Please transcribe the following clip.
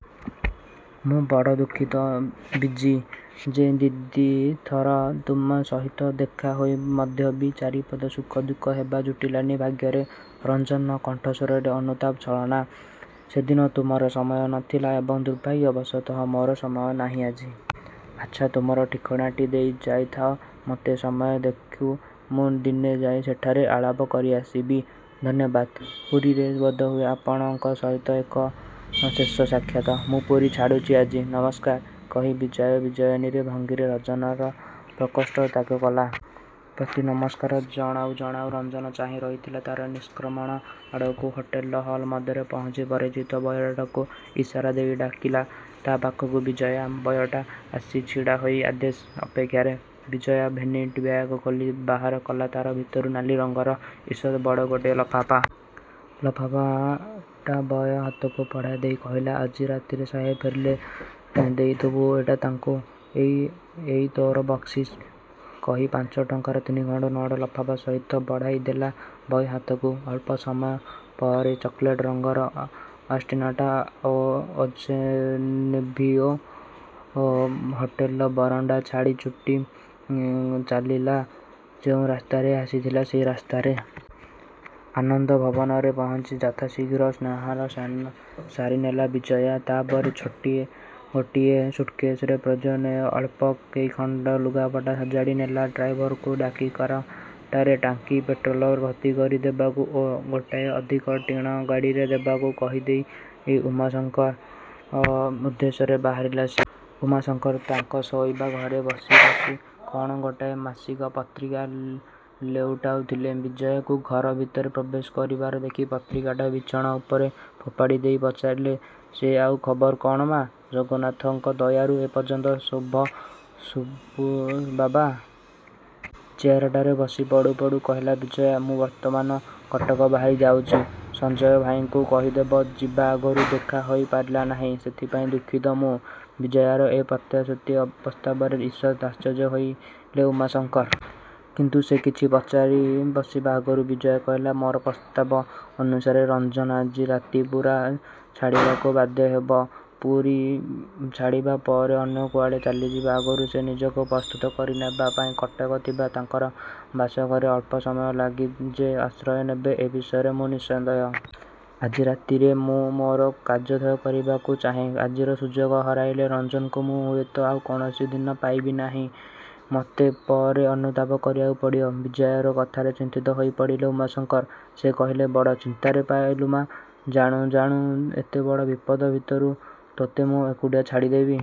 "ମୁଁ ବଡ଼ ଦୁଃଖିତ ବିଜୀ, ଯେ ଦି'ଦି' ଥର ତୁମ ସହିତ ଦେଖା ହୋଇ ମଧ୍ୟ ବି, ଚାରିପଦ ସୁଖ ଦୁଃଖ ହେବା ଜୁଟିଲାନି ଭାଗ୍ୟରେ। '' ରଞ୍ଜନର କଣ୍ଠସ୍ଵରରେ ଅନୁତାପର ଛଳନା। "ସେଦିନ ତୁମର ସମୟ ନ ଥିଲା ଏବଂ ଦୁର୍ଭାଗ୍ୟ ବଶତଃ ମୋର ସମୟ ନାହିଁ ଆଜି। ଆଚ୍ଛା ତୁମର ଠିକଣାଟା ଦେଇ ଯାଇଥାଅ ମୋତେ। ସମୟ ଦେଖି ମୁଁ ଦିନେ ଯାଇଁ ସେଠାରେ ଆଳାପ କରି ଆସିବି। '' "ଧନ୍ୟବାଦ। ପୁରୀରେ ବୋଧହୁଏ ଆପଣଙ୍କ ସହିତ ଏଇ ଶେଷ ସାକ୍ଷାତ। ମୁଁ ପୁରୀ ଛାଡ଼ୁଚି ଆଜି। ନମସ୍କାର। '' କହି ବିଜୟା ବିଜୟିନୀର ଭଙ୍ଗିରେ ରଞ୍ଜନର ପ୍ରକୋଷ୍ଠ ତ୍ୟାଗକଲା। ପ୍ରତି ନମସ୍କାର ଜଣାଉ ଜଣାଉ ରଞ୍ଜନ ଚାହିଁ ରହିଥିଲା ତା'ରି ନିଷ୍କ୍ରମଣ ଆଡ଼କୁ। ହୋଟେଲର ହଲ ଘରେ ପହଞ୍ଚି ପରିଚିତ ବୟଟାକୁ ଇସାରା ଦେଇ ଡାକିଲା ତା' ପାଖକୁ ବିଜୟା। ବୟଟା ଆସି ଛିଡ଼ା ହେଲା ଆଦେଶ ଅପେକ୍ଷାରେ। ବିଜୟା ଭେନିଟିବ୍ୟାଗ ଖୋଲି ବାହାର କଲା ତା' ଭିତରୁ ନାଲି ରଙ୍ଗର ଇଷତ୍ ବଡ଼ ଗୋଟାଏ ଲଫାପା। ଲଫାପାଟା ବୟ ହାତକୁ ବଢ଼ାଇ ଦେଇ କହିଲା— "ଆଜି ରାତିରେ ସାହେବ ବାହାରୁ ଫେରିଲେ ଦେଇଦେବୁ ଏଇଟା ତାଙ୍କୁ। ଆଉ ଏଇ ତୋର ବକ୍ସିସ। '' କହି ପାଞ୍ଚଟଙ୍କାର ତିନିଖଣ୍ତ ନୋଟ୍ ଲଫାଫା ସହିତ ବଢ଼ାଇ ଦେଲା ବୟ ହାତକୁ। ଅଳ୍ପସମୟ ପରେ ଚକୋଲେଟ ରଙ୍ଗର ଅଷ୍ଟିନଟା ଓସେନଭିଉ ହୋଟେଲର ବାରଣ୍ତା ଛାଡ଼ି ଛୁଟି ଚାଲିଲା ଯେଉଁ ରାସ୍ତାରେ ଆସିଥିଲା ସେଇ ରାସ୍ତାରେ। ଆନନ୍ଦ ଭବନରେ ପହଞ୍ଚି ଯଥାଶିଘ୍ର ସ୍ନାନହାର ସାରିନେଲା ବିଜୟା। ତା'ପରେ ଛୋଟ ଗୋଟିଏ ସୁଟକେଶରେ ପ୍ରୟୋଜନୀୟ ଅଳ୍ପ କେଇଖଣ୍ତ ଲୁଗାପଟା ସଜାଡ଼ି ନେଲା। ଡ୍ରାଇଭରକୁ ଡାକି କାରଟାର ଟାଙ୍କି ପେଟ୍ରୋଲରେ ଭର୍ତ୍ତି କରି ଦେବାକୁ ଓ ଗୋଟାଏ ଅଧିକା ଟିଣ ଗାଡ଼ିରେ ଦେବାକୁ କହିଦେଇ ଉମାଶଙ୍କର ଉଦ୍ଦେଶ୍ୟରେ ବାହାରିଲା ସେ। ଉମାଶଙ୍କର ତାଙ୍କ ଶୋଇବା ଘରେ ବସି ବସି କ'ଣ ଗୋଟାଏ ମାସିକ ପତ୍ରିକା ଲେଉଟାଉଁଥିଲେ। ବିଜୟାକୁ ଘର ଭିତରେ ପ୍ରବେଶ କରିବାର ଦେଖି ପତ୍ରିକାଟା ବିଛଣା ଉପରେ ଫୋପାଡ଼ି ଦେଇ ପଚାରିଲେ ସେ— ଆଉ! ଖବର କ'ଣ ମା! '' "ଜଗନ୍ନାଥଙ୍କ ଦୟାରୁ ଏ ପର୍ଯ୍ୟନ୍ତ ସବୁ ଶୁଭ ବାବା। '' ଚେୟାରଟାରେ ବସି ପଡ଼ୁ ପଡ଼ୁ କହିଲା ବିଜୟା। "ମୁଁ ବର୍ତ୍ତମାନ କଟକ ବାହାରି ଯାଉଁଚି-। ସଞ୍ଜୟ ଭାଇଙ୍କୁ କହିଦେବେ ଯିବା ଆଗରୁ ଦେଖା ହୋଇ ପାରିଲା ନାହିଁ, ସେଥିପାଇଁ ଦୁଃଖିତ ମୁଁ-। '' ବିଜୟାର ଏ ଅପ୍ରତ୍ୟାଶିତ ପ୍ରସ୍ତାବରେ ଇଷତ ଆଶ୍ଚର୍ଯ୍ୟ ହେଲେ ଉମାଶଙ୍କର। କିନ୍ତୁ ସେ କିଛି ପଚାରି ବସିବା ଆଗରୁ ବିଜୟା କହିଲା— ମୋର ପ୍ରସ୍ତାବ ଅନୁସାରେ ରଞ୍ଜନ ଆଜି ରାତି ପୁରୀ ଛାଡ଼ିବାକୁ ବାଧ୍ୟ ହେବ। ପୁରୀ ଛାଡ଼ିବା ପରେ ଅନ୍ୟ କୁଆଡ଼େ ଚାଲିଯିବା ଆଗରୁ ସେ ନିଜକୁ ପ୍ରସ୍ତୁତ କରିନେବା ପାଇଁ କଟକରେ ଥିବା ତାଙ୍କର ବସାଘରେ ଅଳ୍ପସମୟଲାଗି ଯେ ଆଶ୍ରୟ ନେବ ଏ ବିଷୟରେ ମୁଁ ନିଃସନ୍ଦେହ। ଆଜି ରାତିରେ ମୁଁ ମୋର କାର୍ଯ୍ୟୋଦ୍ଧାର କରିବାକୁ ଚାହେଁ। ଆଜିର ସୁଯୋଗ ହରାଇଲେ ରଞ୍ଜନକୁ ମୁଁ ହୁଏତ ଆଉଁ କୌଣସି ଦିନ ପାଇବି ନାହିଁ। ମୋତେ ପରେ ଅନୁତାପ କରିବାକୁ ପଡ଼ିବ। ବିଜୟାର କଥାରେ ଚିନ୍ତିତ ହୋଇ ପଡ଼ିଲେ ଉମାଶଙ୍କର। ସେ କହିଲେ— "ବଡ଼ ଚିନ୍ତାରେ ପକାଇଲୁ ମା! ଜାଣୁ ଜାଣୁ ଏତେବଡ଼ ବିପଦ ଭିତରକୁ ତୋତେ ମୁଁ ଏକୁଟିଆ ଛାଡ଼ିଦେବି